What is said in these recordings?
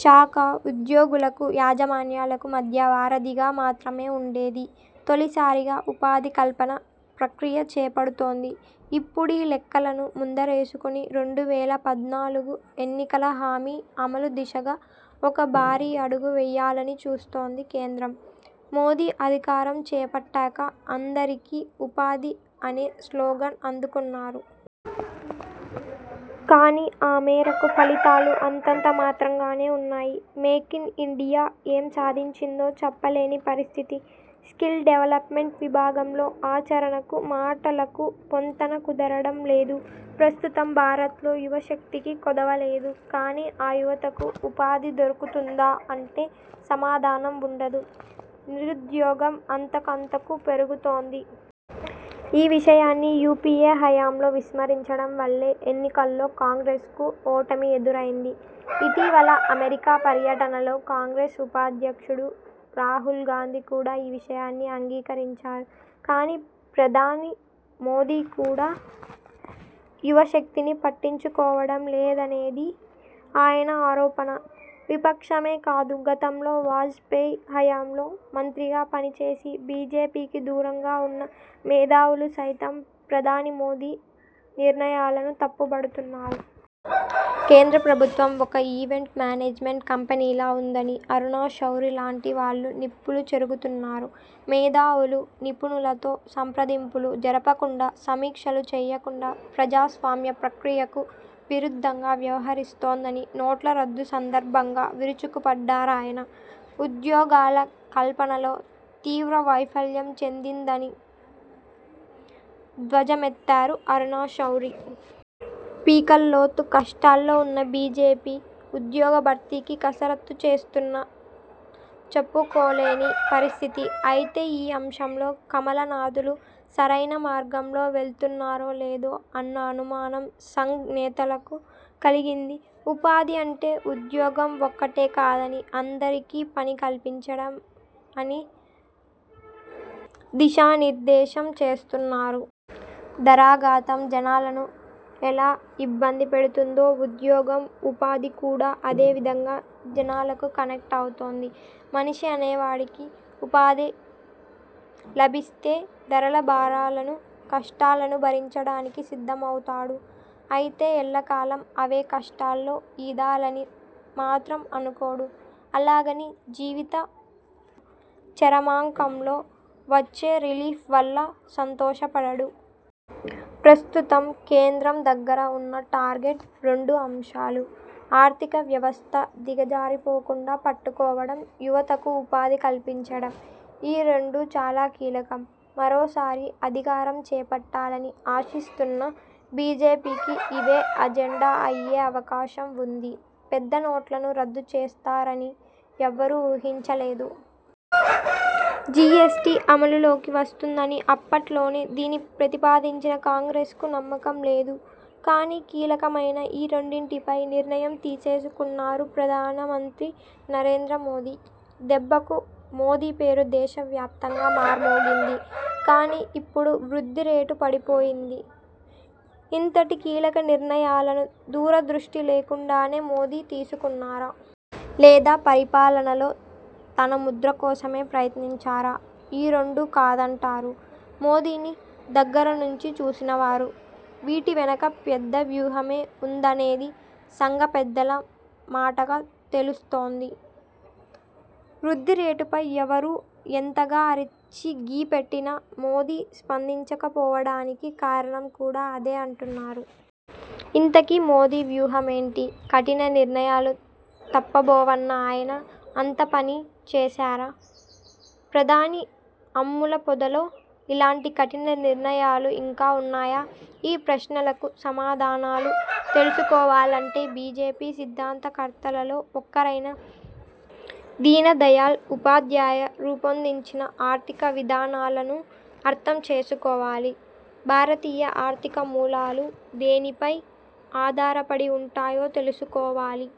శాఖ ఉద్యోగులకు, యాజమాన్యాలకు మధ్య వారధిగా మాత్రమే ఉండేది. తొలిసారిగా ఉపాధికల్పన ప్రక్రియ చేపడుతోంది. ఇప్పుడీ లెక్కలను ముందరేసుకుని రెండు వేల పద్నాలుగు ఎన్నికల హామీ అమలు దిశగా ఒక భారీ అడుగు వేయాలని చూస్తోంది కేంద్రం. మోదీ అధికారం చేపట్టాక అందరికీ ఉపాధి అనే స్లోగన్ అందుకున్నారు. కానీ ఆ మేరకు ఫలితాలు అంతంత మాత్రంగానే ఉన్నాయి. మేక్ఇన్ఇండియా ఏం సాధించిందో చెప్పలేని పరిస్థితి. స్కిల్ డెవలప్మెంట్ విభాగంలో ఆచరణకు, మాటలకు పొంతన కుదరడం లేదు. ప్రస్తుతం భారత్లో యువశక్తికి కొదవలేదు. కానీ ఆ యువతకు ఉపాధి దొరుకుతుందా అంటే సమాధానం ఉండదు. నిరుద్యోగం అంతకంతకూ పెరుగుతోంది. ఈ విషయాన్ని యూపీఏ హయాంలో విస్మరించడం వల్లే ఎన్నికల్లో కాంగ్రెస్కు ఓటమి ఎదురైంది. ఇటీవల అమెరికా పర్యటనలో కాంగ్రెస్ ఉపాధ్యక్షుడు రాహుల్ గాంధీ కూడా ఈ విషయాన్ని అంగీకరించారు. కానీ ప్రధాని మోదీ కూడా యువశక్తిని పట్టించుకోవడం లేదనేది ఆయన ఆరోపణ. విపక్షమే కాదు గతంలో వాజ్పేయ్ హయాంలో మంత్రిగా పనిచేసి బీజేపీకి దూరంగా ఉన్న మేధావులు సైతం ప్రధాని మోదీ నిర్ణయాలను తప్పుబడుతున్నారు. కేంద్ర ప్రభుత్వం ఒక ఈవెంట్ మేనేజ్మెంట్ కంపెనీలా ఉందని అరుణ్శౌరీ లాంటి వాళ్లు నిప్పులు చెరుగుతున్నారు. మేధావులు, నిపుణులతో సంప్రదింపులు జరపకుండా సమీక్షలు చేయకుండా ప్రజాస్వామ్య ప్రక్రియకు విరుద్ధంగా వ్యవహరిస్తోందని నోట్ల రద్దు సందర్భంగా విరుచుకుపడ్డారాయన. ఉద్యోగాల కల్పనలో తీవ్ర వైఫల్యం చెందిందని ధ్వజమెత్తారు అరుణ్శౌరి. పీకల్లోతు కష్టాల్లో ఉన్న బీజేపీ ఉద్యోగ భర్తీకి కసరత్తు చేస్తున్నా చెప్పుకోలేని పరిస్థితి. అయితే ఈ అంశంలో కమలనాథులు సరైన మార్గంలో వెళ్తున్నారో లేదో అన్న అనుమానం సంఘ్ నేతలకు కలిగింది. ఉపాధి అంటే ఉద్యోగం ఒక్కటే కాదని అందరికీ పని కల్పించడం అని దిశానిర్దేశం చేస్తున్నారు. ధరాగాతం జనాలను ఎలా ఇబ్బంది పెడుతోందో ఉద్యోగం, ఉపాధి కూడా అదే విధంగా జనాలకు కనెక్ట్ అవుతోంది. మనిషి అనేవాడికి ఉపాధి లభిస్తే ధరల భారాలను, కష్టాలను భరించడానికి సిద్ధమవుతాడు. అయితే ఎల్లకాలం అవే కష్టాల్లో ఈదాలని మాత్రం అనుకోడు. అలాగని జీవిత చరమాంకంలో వచ్చే రిలీఫ్ వల్ల సంతోషపడడు. ప్రస్తుతం కేంద్రం దగ్గర ఉన్న టార్గెట్ రెండు అంశాలు. ఆర్థిక వ్యవస్థ దిగజారిపోకుండా పట్టుకోవడం. యువతకు ఉపాధి కల్పించడం. ఈ రెండు చాలా కీలకం. మరోసారి అధికారం చేపట్టాలని ఆశిస్తున్న బీజేపీకి ఇవే అజెండా అయ్యే అవకాశం ఉంది. పెద్దనోట్లను రద్దు చేస్తారని ఎవరూ ఊహించలేదు. జీఎస్టీ అమలులోకి వస్తుందని అప్పట్లోనే దీన్ని ప్రతిపాదించిన కాంగ్రెస్కు నమ్మకం లేదు. కానీ కీలకమైన ఈ రెండింటిపై నిర్ణయం తీసేసుకున్నారు ప్రధాన మంత్రి నరేంద్ర మోదీ. దెబ్బకు మోదీ పేరు దేశవ్యాప్తంగా మార్మోగింది. కానీ ఇప్పుడు వృద్ధి రేటు పడిపోయింది. ఇంతటి కీలక నిర్ణయాలను దూరదృష్టి లేకుండానే మోదీ తీసుకున్నారా? లేదా పరిపాలనలో తన ముద్ర కోసమే ప్రయత్నించారా? ఈ రెండూ కాదంటారు మోదీని దగ్గర నుంచి చూసినవారు. వీటి వెనక పెద్ద వ్యూహమే ఉందనేది సంఘ పెద్దల మాటగా తెలుస్తోంది. వృద్ధి రేటుపై ఎవరు ఎంతగా అరిచి గీపెట్టినా మోదీ స్పందించకపోవడానికి కారణం కూడా అదే అంటున్నారు. ఇంతకీ మోదీ వ్యూహమేంటి కఠిన నిర్ణయాలు తప్పబోవన్న ఆయన అంతపనీ చేశారా ప్రధాని అమ్ములపొదలో ఇలాంటి కఠిన నిర్ణయాలు ఇంకా ఉన్నాయా?.. ఈ ప్రశ్నలకు సమాధానాలు తెలుసుకోవాలంటే బీజేపీ సిద్ధాంత కర్తలలో ఒకరైన దీన్దయాల్ ఉపాధ్యాయ రూపొందించిన ఆర్థిక విధానాలను అర్థం చేసుకోవాలి. భారతీయ ఆర్థిక మూలాలు దేనిపై ఆధారపడి ఉంటాయో తెలుసుకోవాలి.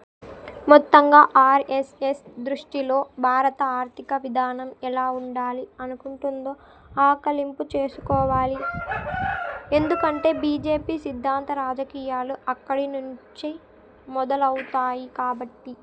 మొత్తంగా ఆర్ఎస్ఎస్ దృష్టిలో భారత ఆర్థిక విధానం ఎలా ఉండాలి అనుకుంటుందో ఆకలింపు చేసుకోవాలి. ఎందుకంటే బీజేపీ సిద్ధాంత రాజకీయాలు అక్కడి నుంచి మొదలవుతాయి కాబట్టి.